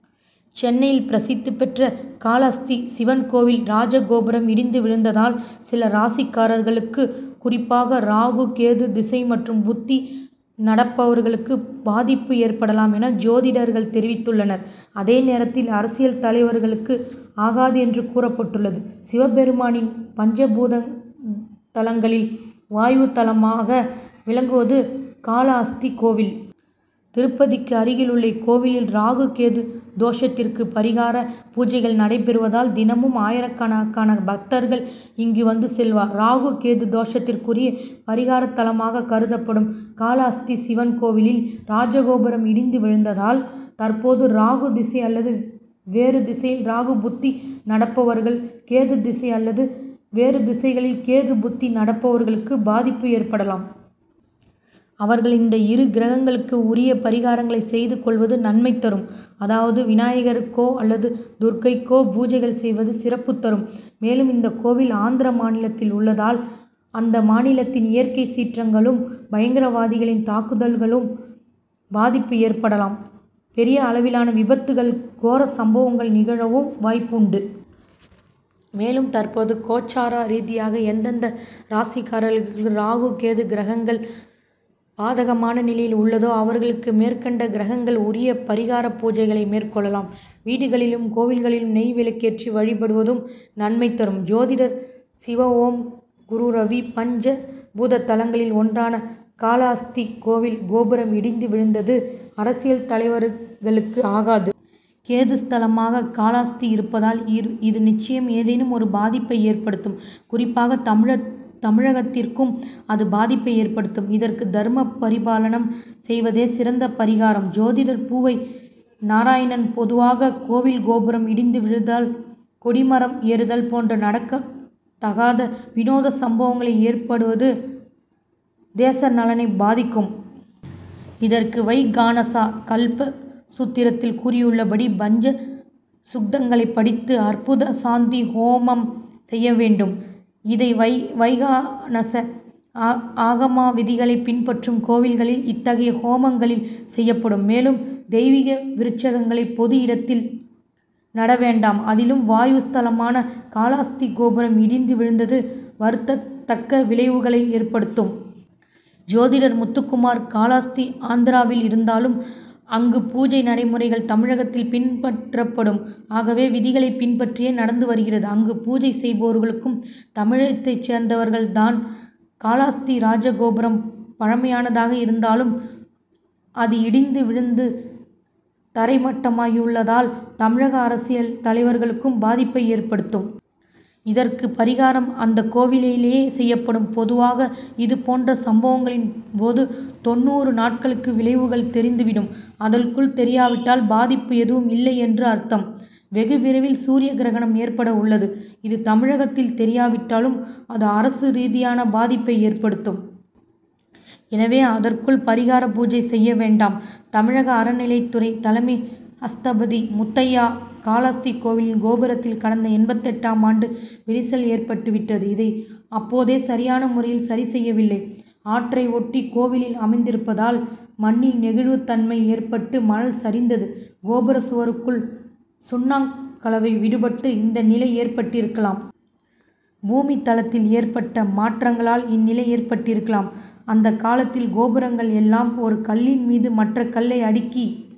சென்னை பிரசித்தி பெற்ற காளஹஸ்தி சிவன் கோவில் ராஜகோபுரம் இடிந்து விழுந்ததால், சில ராசிக்காரர்களுக்கும், குறிப்பாக, ராகு, கேது திசை மற்றும் புத்தி நடப்பவர்களுக்கும் பாதிப்பு ஏற்படலாம் என, ஜோதிடர்கள் தெரிவித்துள்ளனர். அதே நேரத்தில், அரசியல் தலைவர்களுக்கு ஆகாது என்றும் கூறப்பட்டுள்ளது. சிவபெருமானின் பஞ்சபூத தலங்களில், வாயு தலமாக விளங்குவது காளஹஸ்தி கோவில். திருப்பதிக்கு அருகில் உள்ள இக்கோவிலில் ராகு, கேது தோஷத்திற்கு பரிகார பூஜைகள் நடைபெறுவதால், தினமும் ஆயிரக்கணக்கான பக்தர்கள் இங்கு வந்து செல்வர். ராகு, கேது தோஷத்திற்குரிய பரிகார தலமாக கருதப்படும் காளஹஸ்தி சிவன் கோவிலின் ராஜகோபுரம் இடிந்து விழுந்ததால், தற்போது ராகு திசை அல்லது வேறு திசையில் ராகு புத்தி நடப்பவர்கள், கேது திசை அல்லது வேறு திசைகளில் கேது புத்தி நடப்பவர்களுக்கு பாதிப்பு ஏற்படலாம். அவர்கள் இந்த இரு கிரகங்களுக்கும் உரிய பரிகாரங்களை செய்து கொள்வது நன்மை தரும். அதாவது, விநாயகருக்கோ அல்லது துர்கைக்கோ பூஜைகள் செய்வது சிறப்பு தரும். மேலும், இந்தக் கோவில் ஆந்திர மாநிலத்தில் உள்ளதால், அந்த மாநிலத்தில் இயற்கை சீற்றங்களாலும், பயங்கரவாதிகளின் தாக்குதல்களால் பாதிப்பு ஏற்படலாம். பெரிய அளவிலான விபத்துகள், கோர சம்பவங்கள் நிகழவும் வாய்ப்பு உண்டு. மேலும், தற்போது கோச்சார ரீதியாக, எந்தெந்த ராசிக்காரர்களுக்கு ராகு, கேது கிரகங்கள் பாதகமான நிலையில் உள்ளதோ, அவர்களும் மேற்கண்ட கிரகங்களுக்கு உரிய பரிகார பூஜைகளை மேற்கொள்ளலாம். வீடுகளிலும், கோவில்களிலும் நெய் விளக்கேற்றி வழிபடுவதும் நன்மை தரும். ஜோதிடர் சிவஓம்குருரவி பஞ்ச பூத தலங்களில் ஒன்றான காளஹஸ்தி கோவில் கோபுரம் இடிந்து விழுந்தது, அரசியல் தலைவர்களுக்கு ஆகாது. கேது ஸ்தலமாக காளஹஸ்தி இருப்பதால், இது நிச்சயம் ஏதேனும் ஒரு பாதிப்பை ஏற்படுத்தும். குறிப்பாக, தமிழகத்திற்கும் அது பாதிப்பை ஏற்படுத்தும். இதற்கு தர்ம பரிபாலனம் செய்வதே சிறந்த பரிகாரம். ஜோதிடர் பூவை நாராயணன் பொதுவாக கோவில் கோபுரம் இடிந்து விழுதல், கொடிமரம் எரிதல் போன்ற நடக்க தகாத, வினோத சம்பவங்கள் ஏற்படுவது தேச நலனை பாதிக்கும். இதற்கு வைகானச கல்ப சூத்திரத்தில் கூறியுள்ளபடி பஞ்ச சுக்தங்களை படித்து, "அற்புத சாந்தி ஹோமம்' செய்ய வேண்டும். இதை வைகானச ஆகம விதிகளை பின்பற்றும் கோவில்களில் இத்தகைய ஹோமங்கள் செய்யப்படும். மேலும், தெய்வீக விருட்சங்களை பொது இடத்தில் நட வேண்டும். அதிலும், வாயு ஸ்தலமான காளஹஸ்தி கோபுரம் இடிந்து விழுந்தது வருந்தத்தக்க விளைவுகளை ஏற்படுத்தும். ஜோதிடர் முத்துகுமார் காளஹஸ்தி ஆந்திராவில் இருந்தாலும், அங்கு பூஜை நடைமுறைகள் தமிழகத்தில் பின்பற்றப்படும் ஆகம விதிகளை பின்பற்றியே நடந்து வருகிறது. அங்கு பூஜை செய்பவர்களும் தமிழகத்தைச் சேர்ந்தவர்கள் தான். காளஹஸ்தி ராஜகோபுரம் பழமையானதாக இருந்தாலும், அது இடிந்து விழுந்து தரை மட்டமாகியுள்ளதால் தமிழக அரசியல் தலைவர்களுக்கு பாதிப்பை ஏற்படுத்தும். இதற்கு பரிகாரம் அந்த கோவிலிலேயே செய்யப்படும். பொதுவாக இது போன்ற சம்பவங்களின் போது தொண்ணூறு நாட்களுக்குள் விளைவுகள் தெரிந்து விடும். அதற்குள் தெரியாவிட்டால் பாதிப்பு ஏதும் இல்லை என்று அர்த்தம். வெகு விரைவில் சூரிய கிரகணம் ஏற்பட உள்ளது. இது தமிழகத்தில் தெரியாவிட்டாலும், அது அரசு ரீதியான பாதிப்பை ஏற்படுத்தும். எனவே, அதற்குள் பரிகார பூஜையை செய்ய வேண்டும். தமிழக அறநிலையத்துறை தலைமை ஸ்தபதி முத்தையா காளஹஸ்தி கோவில் கோபுரத்தில், கடந்த எண்பத்தெட்டாம் ஆண்டே விரிசல் ஏற்பட்டு விட்டது. இதை அப்போது சரியான முறையில் சரிசெய்யவில்லை. ஆற்றை ஒட்டி கோவில் அமைந்திருப்பதால், மண்ணில் நெகிழ்வு தன்மை ஏற்பட்டு, மணல் சரிந்து, கோபுர சுவர்களுக்குள் சுண்ணக் கலவை விடுபட்டு இந்த நிலை ஏற்பட்டிருக்கலாம். பூமி தளத்தில் ஏற்பட்ட மாற்றங் களால் இந்நிலை ஏற்பட்டிருக்கலாம். அந்த காலத்தில் கோபுரங்கள் எல்லாம் ஒரு கல்லின் மீது மற்ற கல்லை அடுக்கி